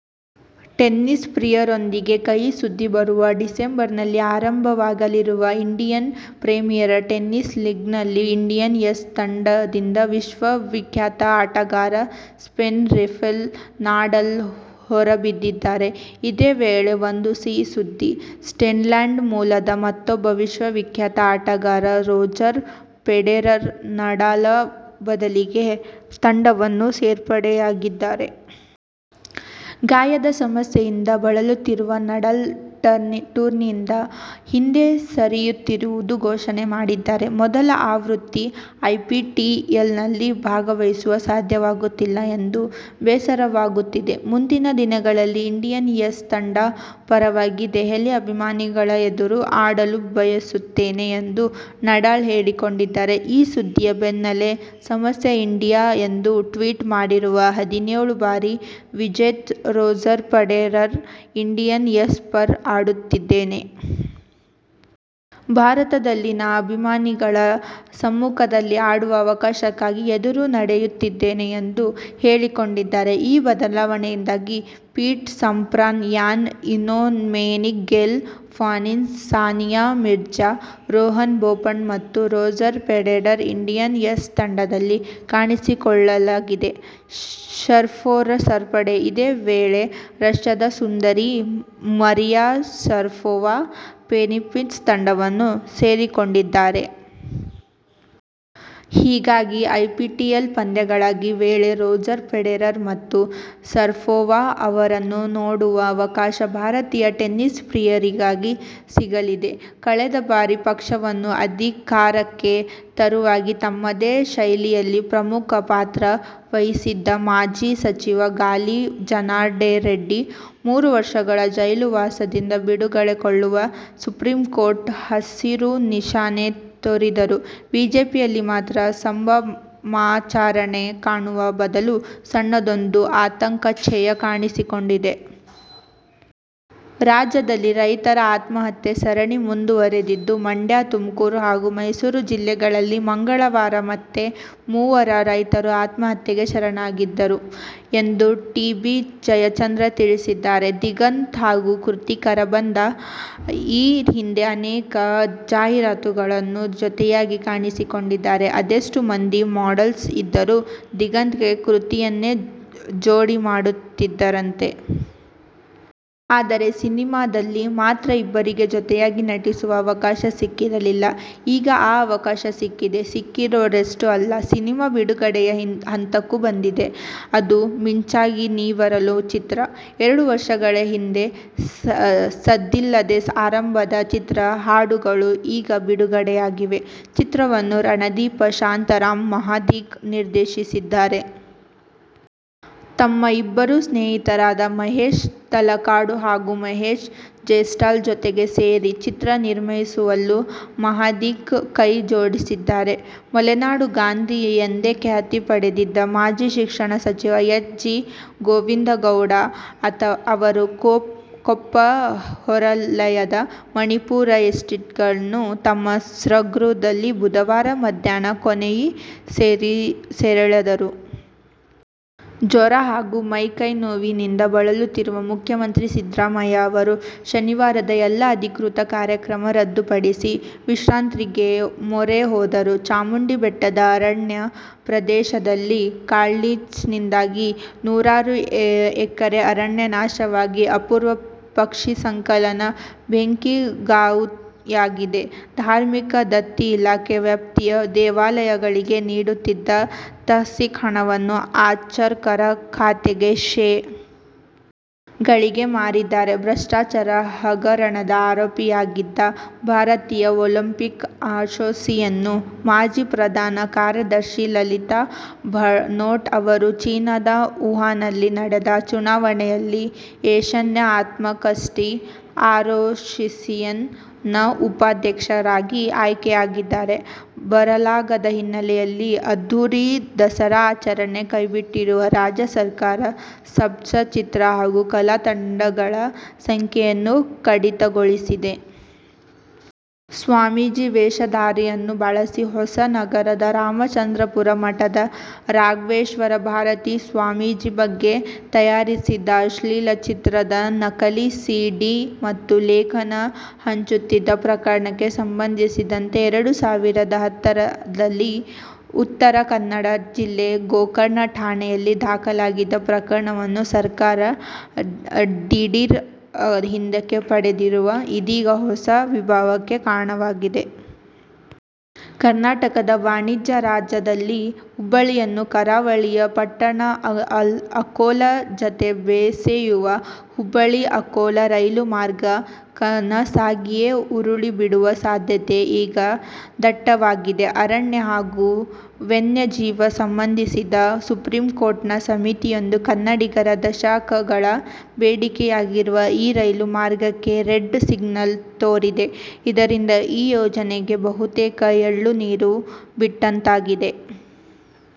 Tennis ಪ್ರಿಯರಿಗೊಂದು ಕಹಿ ಸುದ್ದಿ. ಬರುವ ಡಿಸೆಂಬರ್ನಲ್ಲಿ ಆರಂಭವಾಗಲಿರುವ ಇಂಡಿಯನ್ ಪ್ರೀಮಿಯರ್ ಟೆನ್ನಿಸ್ ಲೀಗ್ನಲ್ಲಿ ಇಂಡಿಯನ್ ಏಸ್ ತಂಡದಿಂದ ವಿಶ್ವವಿಖ್ಯಾತ ಆಟಗಾರ ಸ್ಪೇನ್ನ ರಫೆಲ್ ನಡಾಲ್ ಹೊರಬಿದ್ದಿದ್ದಾರೆ. ಇದೇ ವೇಳೆ ಒಂದು ಸಿಹಿ ಸುದ್ದಿ. ಸ್ವಿಟ್ಜರ್ಲೆಂಡ್ ಮೂಲದ ಮತ್ತೂಬ್ಬ ವಿಶ್ವವಿಖ್ಯಾತ ಅಟಗಾರ ರೋಜರ್ ಫೆಡರರ್, ನಡಾಲ್ ಬದಲಿಗೆ ತಂಡವನ್ನು ಸೇರ್ಪಡೆಯಾಗಿದ್ದಾರೆ. ಗಾಯದ ಸಮಸ್ಯೆಯಿಂದ ಬಳಲುತ್ತಿರುವ ನಡಾಲ್, ಟೂರ್ನಿಯಿಂದ ಹಿಂದೆ ಸರಿಯುತ್ತಿರುವ ಘೋಷಣೆ ಮಾಡಿದ್ದಾರೆ. ಮೊದಲ ಆವೃತ್ತಿ ಐಪಿಟಿಎಲ್ನಲ್ಲಿ ಭಾಗವಹಿಸಲು ಸಾಧ್ಯವಾಗುತ್ತಿಲ್ಲ ಎಂದು ಬೇಸರವಾಗುತ್ತಿದೆ. ಮುಂದಿನ ದಿನಗಳಲ್ಲಿ ಇಂಡಿಯನ್ ಏಸ್ ತಂಡದ ಪರವಾಗಿ ದೆಹಲಿ ಅಭಿಮಾನಿಗಳ ಎದುರು ಆಡಲು ಬಯಸುತ್ತೇನೆ ಎಂದು ನಡಾಲ್ ಹೇಳಿಕೊಂಡಿದ್ದಾರೆ. ಈ ಸುದ್ದಿಯ ಬೆನ್ನಲ್ಲೇ, ನಮಸ್ತೇ ಇಂಡಿಯಾ ಎಂದು ಟ್ವೀಟ್ ಮಾಡಿರುವ ಹದಿನೇಳು ಬಾರಿ ವಿಜೇತ ರೋಜರ್ ಫೆಡರರ್, ಇಂಡಿಯನ್ ಏಸ್ ಪರ ಆಡುತ್ತಿದ್ದೇನೆ. ಭಾರತದಲ್ಲಿನ ಅಭಿಮಾನಿಗಳ ಸಮ್ಮುಖದಲ್ಲಿ ಆಡುವ ಅವಕಾಶಕ್ಕಾಗಿ ಎದುರು ನೋಡುತ್ತಿದ್ದೇನೆ ಎಂದು ಹೇಳಿಕೊಂಡಿದ್ದಾರೆ. ಈ ಬದಲಾವಣೆಯಿಂದಾಗಿ Pete Sampras, Ana Ivanovic, Gael Monfils, Sania Mirza, Rohan Bopanna ಮತ್ತು ರೋಜರ್ ಫೆಡರರ್ ಇಂಡಿಯನ್ ಏಸ್ ತಂಡದಲ್ಲಿ ಕಾಣಿಸಿಕೊಳ್ಳಲಿದ್ದಾರೆ. ಶರಪೋವಾ ಸೇರ್ಪಡೆ: ಇದೇ ವೇಳೆ ರಷ್ಯಾದ ಸುಂದರಿ, ಮರಿಯಾ ಶರಪೋವಾ, ಫಿಲಿಪ್ಪೀನ್ಸ್ ತಂಡವನ್ನು ಸೇರಿಕೊಂಡಿದ್ದಾರೆ. ಹೀಗಾಗಿ ಐಪಿಟಿಎಲ್ ಪಂದ್ಯಾವಳಿಗಳ ವೇಳೆ ರೋಜರ್ ಫೆಡರರ್ ಮತ್ತು ಶರಪೋವಾ ಅವರನ್ನು ನೋಡುವ ಅವಕಾಶ ಭಾರತೀಯ ಟೆನಿಸ್ ಪ್ರಿಯರಿಗೆ ಸಿಗಲಿದೆ. ಕಳೆದ ಬಾರಿ ಪಕ್ಷವನ್ನು ಅಧಿಕಾರಕ್ಕೆ ತರುವಲ್ಲಿ ತಮ್ಮದೇ ಶೈಲಿಯಲ್ಲಿ ಪ್ರಮುಖ ಪಾತ್ರ ವಹಿಸಿದ್ದ ಮಾಜಿ ಸಚಿವ ಗಾಲಿ ಜನಾರ್ದನರೆಡ್ಡಿ ಮೂರು ವರ್ಷಗಳ ಜೈಲು ವಾಸದಿಂದ ಬಿಡುಗಡೆಗೊಳ್ಳಲು ಸುಪ್ರೀಂಕೋರ್ಟ್ ಹಸಿರು ನಿಶಾನೆ ತೋರಿದರೂ ಬಿಜೆಪಿಯಲ್ಲಿ ಮಾತ್ರ ಸಂಭ್ರಮಾಚರಣೆ ಕಾಣುವ ಬದಲು ಸಣ್ಣದೊಂದು ಆತಂಕದ ಛಾಯೆ ಕಾಣಿಸಿಕೊಂಡಿದೆ. ರಾಜ್ಯದಲ್ಲಿ ರೈತರ ಆತ್ಮಹತ್ಯೆ ಸರಣಿ ಮುಂದುವರಿದಿದ್ದು ಮಂಡ್ಯ, ತುಮಕೂರು ಹಾಗೂ ಮೈಸೂರು ಜಿಲ್ಲೆಗಳಲ್ಲಿ ಮಂಗಳವಾರ ಮತ್ತೆ ಮೂವರು ರೈತರು ಆತ್ಮಹತ್ಯೆಗೆ ಶರಣಾಗಿದ್ದಾರೆ ಎಂದು ಟಿ.ಬಿ. ಜಯಚಂದ್ರ ತಿಳಿಸಿದ್ದಾರೆ. ದಿಗಂತ್ ಹಾಗೂ ಕೃತಿ ಕರಬಂದ ಈ ಹಿಂದೆ ಅನೇಕ ಜಾಹೀರಾತುಗಳಲ್ಲಿ ಜೊತೆಯಾಗಿ ಕಾಣಿಸಿಕೊಂಡಿದ್ದಾರೆ. ಅದೆಷ್ಟೋ ಮಂದಿ ಮಾಡೆಲ್ಸ್ ಇದ್ದರೂ ದಿಗಂತ್ಗೆ ಕೃತಿಯನ್ನೇ ಜೋಡಿ ಮಾಡುತ್ತಿದ್ದರಂತೆ. ಆದರೆ ಸಿನಿಮಾದಲ್ಲಿ ಮಾತ್ರ ಇಬ್ಬರಿಗೂ ಜೊತೆಯಾಗಿ ನಟಿಸುವ ಅವಕಾಶ ಸಿಕ್ಕಿರಲಿಲ್ಲ. ಈಗ ಆ ಅವಕಾಶ ಸಿಕ್ಕಿದೆ. ಸಿಕ್ಕಿರುವುದಷ್ಟೇ ಅಲ್ಲ, ಸಿನಿಮಾ ಬಿಡುಗಡೆಯ ಹಂತಕ್ಕೂ ಬಂದಿದೆ. ಅದು "ಮಿಂಚಾಗಿ ನೀ ಬರಲು' ಚಿತ್ರ. ಎರಡು ವರ್ಷಗಳ ಹಿಂದೆ ಸದ್ದಿಲ್ಲದೇ ಆರಂಭವಾದ ಚಿತ್ರದ ಹಾಡುಗಳು ಈಗ ಬಿಡುಗಡೆಯಾಗಿವೆ. ಚಿತ್ರವನ್ನು ರಣದೀಪ್ ಶಾಂತಾರಾಮ್ ಮಹಾದಿಕ್ ನಿರ್ದೇಶಿಸಿದ್ದಾರೆ. ತಮ್ಮ ಇಬ್ಬರು ಸ್ನೇಹಿತರಾದ ಮಹೇಶ್ ತಲಕಾಡು ಹಾಗೂ ಮಹೇಶ್ ಜೆಸ್ವಾಲ್ ಜೊತೆ ಸೇರಿ ಚಿತ್ರ ನಿರ್ಮಿಸುವಲ್ಲೂ ಮಹಾದಿಕ್ ಕೈ ಜೋಡಿಸಿದ್ದಾರೆ. ಮಲೆನಾಡ ಗಾಂಧಿ ಎಂದೇ ಖ್ಯಾತಿ ಪಡೆದಿದ್ದ ಮಾಜಿ ಶಿಕ್ಷಣ ಸಚಿವ ಎಚ್. ಜಿ. ಗೋವಿಂದೇಗೌಡ ಅವರು ಕೊಪ್ಪ ಹೊರವಲಯದ ಮಣಿಪುರ ಎಸ್ಟೇಟ್ನ ತಮ್ಮ ಸ್ವಗೃಹದಲ್ಲಿ ಬುಧವಾರ ಮಧ್ಯಾಹ್ನ ಕೊನೆಯುಸಿರೆಳೆದರು. ಜ್ವರ ಹಾಗೂ ಮೈ ಕೈ ನೋವಿನಿಂದ ಬಳಲುತ್ತಿರುವ ಮುಖ್ಯಮಂತ್ರಿ ಸಿದ್ದರಾಮಯ್ಯ ಅವರು ಶನಿವಾರದ ಎಲ್ಲ ಅಧಿಕೃತ ಕಾರ್ಯಕ್ರಮ ರದ್ದುಪಡಿಸಿ ವಿಶ್ರಾಂತಿಗೆ ಮೊರೆ ಹೋದರು. ಚಾಮುಂಡಿ ಬೆಟ್ಟದ ಅರಣ್ಯ ಪ್ರದೇಶದಲ್ಲಿ ಕಾಡ್ಗಿಚ್ಚಿನಿಂದಾಗಿ ನೂರಾರು ಎಕರೆ ಅರಣ್ಯ ನಾಶವಾಗಿ, ಅಪೂರ್ವ ಪಕ್ಷಿಸಂಕುಲ ಬೆಂಕಿಗಾಹುತಿಯಾಗಿವೆ. ಧಾರ್ಮಿಕ ದತ್ತಿ ಇಲಾಖೆ ವ್ಯಾಪ್ತಿಯ ದೇವಾಲಯಗಳಿಗೆ ನೀಡುತ್ತಿದ್ದ ತಸ್ತೀಕ್ ಹಣವನ್ನು ಅರ್ಚಕರ ಖಾತೆಗೆ ಶೇ. ಗಳಿಗೆ ಮಾರಿದ್ದಾರೆ. ಭ್ರಷ್ಟಾಚಾರ ಹಗರಣದ ಆರೋಪಿಯಾಗಿದ್ದ ಭಾರತೀಯ ಒಲಿಂಪಿಕ್ ಅಸೋಸಿಯೇಶನ್ನ ಮಾಜಿ ಪ್ರಧಾನ ಕಾರ್ಯದರ್ಶಿ ಲಲಿತ್ ಭಾನೋಟ್ ಅವರು ಚೀನದ ವುಹಾನ್ನಲ್ಲಿ ನಡೆದ ಚುನಾವಣೆಯಲ್ಲಿ ಏಶ್ಯನ್ ಆತ್ಲೆಟಿಕ್ಸ್ ಅಸೋಸಿಯೇಶನ್ ನ ಉಪಾಧ್ಯಕ್ಷರಾಗಿ ಆಯ್ಕೆಯಾಗಿದ್ದಾರೆ. ಬರಗಾಲದ ಹಿನ್ನೆಲೆಯಲ್ಲಿ ಅದ್ದೂರಿ ದಸರಾ ಆಚರಣೆ ಕೈಬಿಟ್ಟಿರುವ ರಾಜ್ಯ ಸರ್ಕಾರ, ಸ್ತಬ್ದಚಿತ್ರ ಹಾಗೂ ಕಲಾ ತಂಡಗಳ ಸಂಖ್ಯೆಯನ್ನೂ ಕಡಿತಗೊಳಿಸಿದೆ. ಸ್ವಾಮೀಜಿ ವೇಷಧಾರಿಯನ್ನು ಬಳಸಿ ಹೊಸನಗರ ರಾಮಚಂದ್ರಾಪುರ ಮಠದ ರಾಘವೇಶ್ವರ ಭಾರತಿ ಸ್ವಾಮೀಜಿ ಬಗ್ಗೆ ತಯಾರಿಸಿದ್ದ ಅಶ್ಲೀಲ ಚಿತ್ರದ ನಕಲಿ ಸಿ. ಡಿ. ಮತ್ತು ಲೇಖನ ಹಂಚುತ್ತಿದ್ದ ಪ್ರಕರಣಕ್ಕೆ ಸಂಬಂಧಿಸಿದಂತೆ ಎರಡು ಸಾವಿರದ ಹತ್ತರಲ್ಲಿ ಉತ್ತರ ಕನ್ನಡ ಜಿಲ್ಲೆ ಗೋಕರ್ಣ ಠಾಣೆಯಲ್ಲಿ ದಾಖಲಾಗಿದ್ದ ಪ್ರಕರಣವನ್ನು ಸರ್ಕಾರ ದಿಢೀರ್ ಹಿಂದಕ್ಕೆ ಪಡೆದಿರುವುದು ಇದೀಗ ಹೊಸ ವಿವಾದಕ್ಕೆ ಕಾರಣವಾಗಿದೆ. ಕರ್ನಾಟಕದ ವಾಣಿಜ್ಯ ರಾಜಧಾನಿ ಹುಬ್ಬಳ್ಳಿಯನ್ನು ಕರಾವಳಿಯ ಪಟ್ಟಣ ಅಂಕೋಲಾ ಜತೆ ಬೆಸೆಯುವ "ಹುಬ್ಬಳ್ಳಿ- ಅಂಕೋಲಾ ರೈಲು ಮಾರ್ಗ' ಕನಸಾಗಿಯೇ ಉಳಿದುಬಿಡುವ ಸಾಧ್ಯತೆ ಈಗ ದಟ್ಟವಾಗಿದೆ. ಅರಣ್ಯ ಹಾಗೂ ವನ್ಯಜೀವಿಗೆ ಸಂಬಂಧಿಸಿದ ಸುಪ್ರೀಂಕೋರ್ಟ್ನ ಸಮಿತಿಯೊಂದು ಕನ್ನಡಿಗರ ದಶಕಗಳ ಬೇಡಿಕೆಯಾಗಿರುವ ಈ ರೈಲು ಮಾರ್ಗಕ್ಕೆ "ರೆಡ್ ಸಿಗ್ನಲ್' ತೋರಿದೆ. ಇದರಿಂದಾಗಿ ಈ ಯೋಜನೆಗೆ ಬಹುತೇಕ ಎಳ್ಳುನೀರು ಬಿಟ್ಟಂತಾಗಿದೆ.